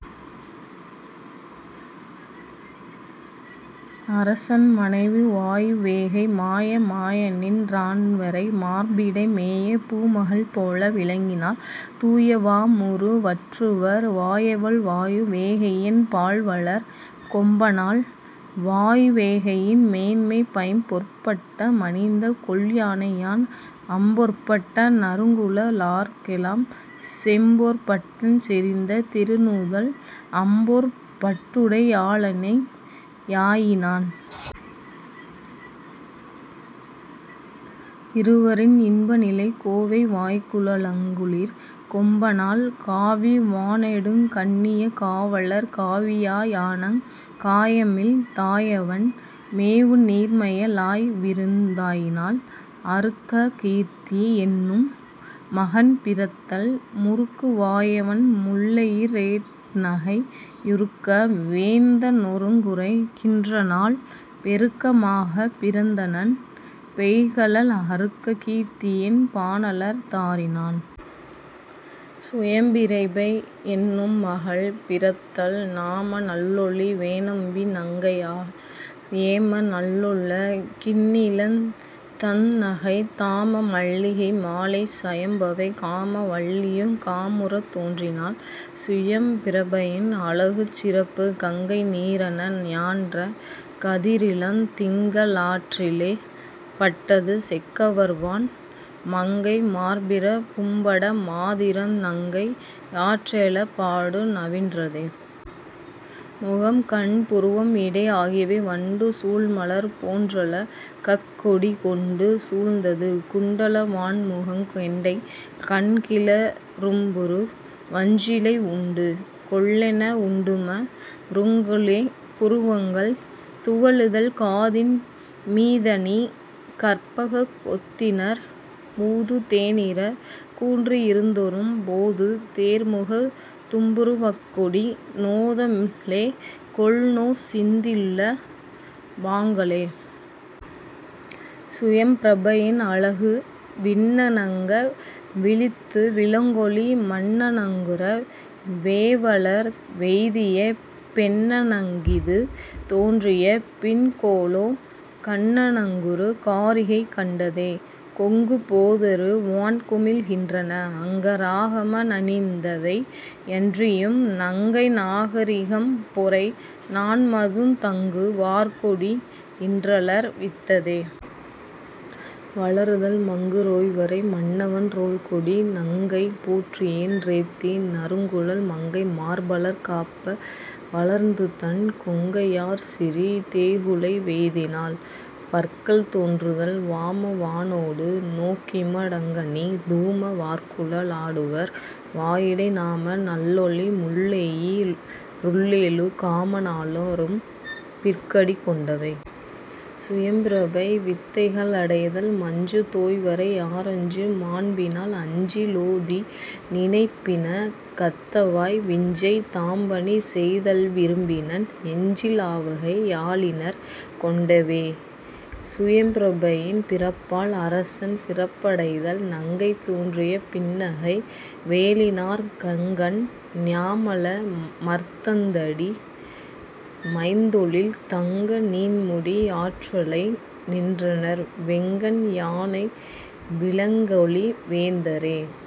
அரசன் மனைவி வாயுவேகை மாய மாயநின் றான்வரை மார்பிடை மேய பூமகள் போல விளங்கினாள் தூய வாமுறு வற்றுவர் வாயவள் வாயு வேகையென் பாள்வளர் கொம்பனாள். வாயுவேகையின் மேன்மை பைம்பொற் பட்ட மணிந்த கொல் யானையான் அம்பொற் பட்ட நறுங்குழ லார்க்கெலாம் செம்பொற் பட்டஞ் செறிந்த திருநுதல் அம்பொற் பட்டுடை யாளணி யாயினான். இருவரின் இன்பநிலை கோவை வாய்குழ லங்குளிர் கொம்பனாள் காவி வாணெடுங் கண்ணியக் காவலற் காவி யாயணங் காயமிழ் தாயவன் மேவு நீர்மைய ளாய்விருந் தாயினாள். அருக்ககீர்த்தி என்னும் மகன் பிறத்தல் முருக்கு வாயவண் முள்ளெயிற் றேர்நகை யுருக்க வேந்த னொருங்குறை கின்றநாள் பெருக்க மாகப் பிறந்தனன் பெய்கழல் அருக்க கீர்த்தி யென் பானலர் தாரினான். சுயம்பிரபை என்னும் மகள் பிறத்தல் நாம நள்லொளி வேனம்பி நங்கையா யேம நல்லுல கின்னிழிந் தந்நகைத் தாம மல்லிகை மாலைச் சயம்பவை காம வல்லியுங் காமுறத் தோன்றினாள். சுயம்பிரபையின் அழகுச் சிறப்பு கங்கை நீரன ஞான்ற கதிரிளந் திங்க ளாற்றெழப் பட்டது செக்கர்வான் மங்கை மார்பிறப் பும்மட மாதரிந் நங்கை யாற்றெழப் பாடு நவின்றதே. முகம், கண், புருவம், இடை ஆகியவை வண்டு சூழ்மலர் போன்றள கக்கொடி கொண்டு சூழ்ந்தது குண்டல வாண்முகங் கெண்டை கண்கிள ரும்புரு வஞ்சிலை உண்டு கொல்லென வுண்டும ருங்குலே. புருவங்கள் துவளுதல் காதின் மீதணி கற்பகத் தொத்திணர் ஊது தேனிற கூன்றியி ருத்தொறும் போது தேர்முகத் தும்புரு வக்கொடி நோத லேகொல்நொ சிந்துள வாங்களே. சுயம்பிரபையின் அழகு விண்ண ணங்க விழித்துவி ளங்கொளி மண்ண ணங்குற வேவளர் வெய்திய பெண்ண ணங்கிது தோன்றிய பின்கொலோ கன்ன ணங்குறு காரிகை கண்டதே. கொங்கு போதரு வான்குமிழ் கின்றன அங்க ராகம ணிந்ததை யன்றியும் நங்கை நாகரி கம்பொறை நாண்மதுத் தங்கு வார்கொடி யிற்றளர் வித்ததே. வளருதல் மங்கு றோய்வரை மன்னவன் றொல்குடி நங்கை போற்றியென் றேத்தி நறுங்குழல் மங்கை மார்பலர் காப்ப வளர்ந்துதன் கொங்கை யாற்சிறி தேகுழை வெய்தினாள். பற்கள் தோன்றுதல் வாம வாணொடு நோக்கிம டங்கனி தூம வார்குழ லாடுவர் வாயிடை நாம நள்லொளி முள்ளெயி றுள்ளெழு காம னாளரும் பிற்கடி கொண்டவே. சுயம்பிரபை வித்தைகளடைதல் மஞ்சு தோய்வரை யாரஞ்சு மாண்பினால் அஞ்சி லோதிநி னைப்பின கத்தவாய் விஞ்சை தாம்பணி செய்தல்வி ரும்பினன் எஞ்சி லாவகை யாலிணர் கொண்டவே. சுயம்பிரபையின் பிறப்பால் அரசன் சிறப்படைதல் நங்கை தோன்றிய பின்னகை வேலினாற் கங்கண் ஞாமல மர்ந்தடி மைத்தொழில் தங்க நீண்முடி யாற்றலை நின்றனர் வெங்கண் யானைவி ளங்கொளி வேந்தரே.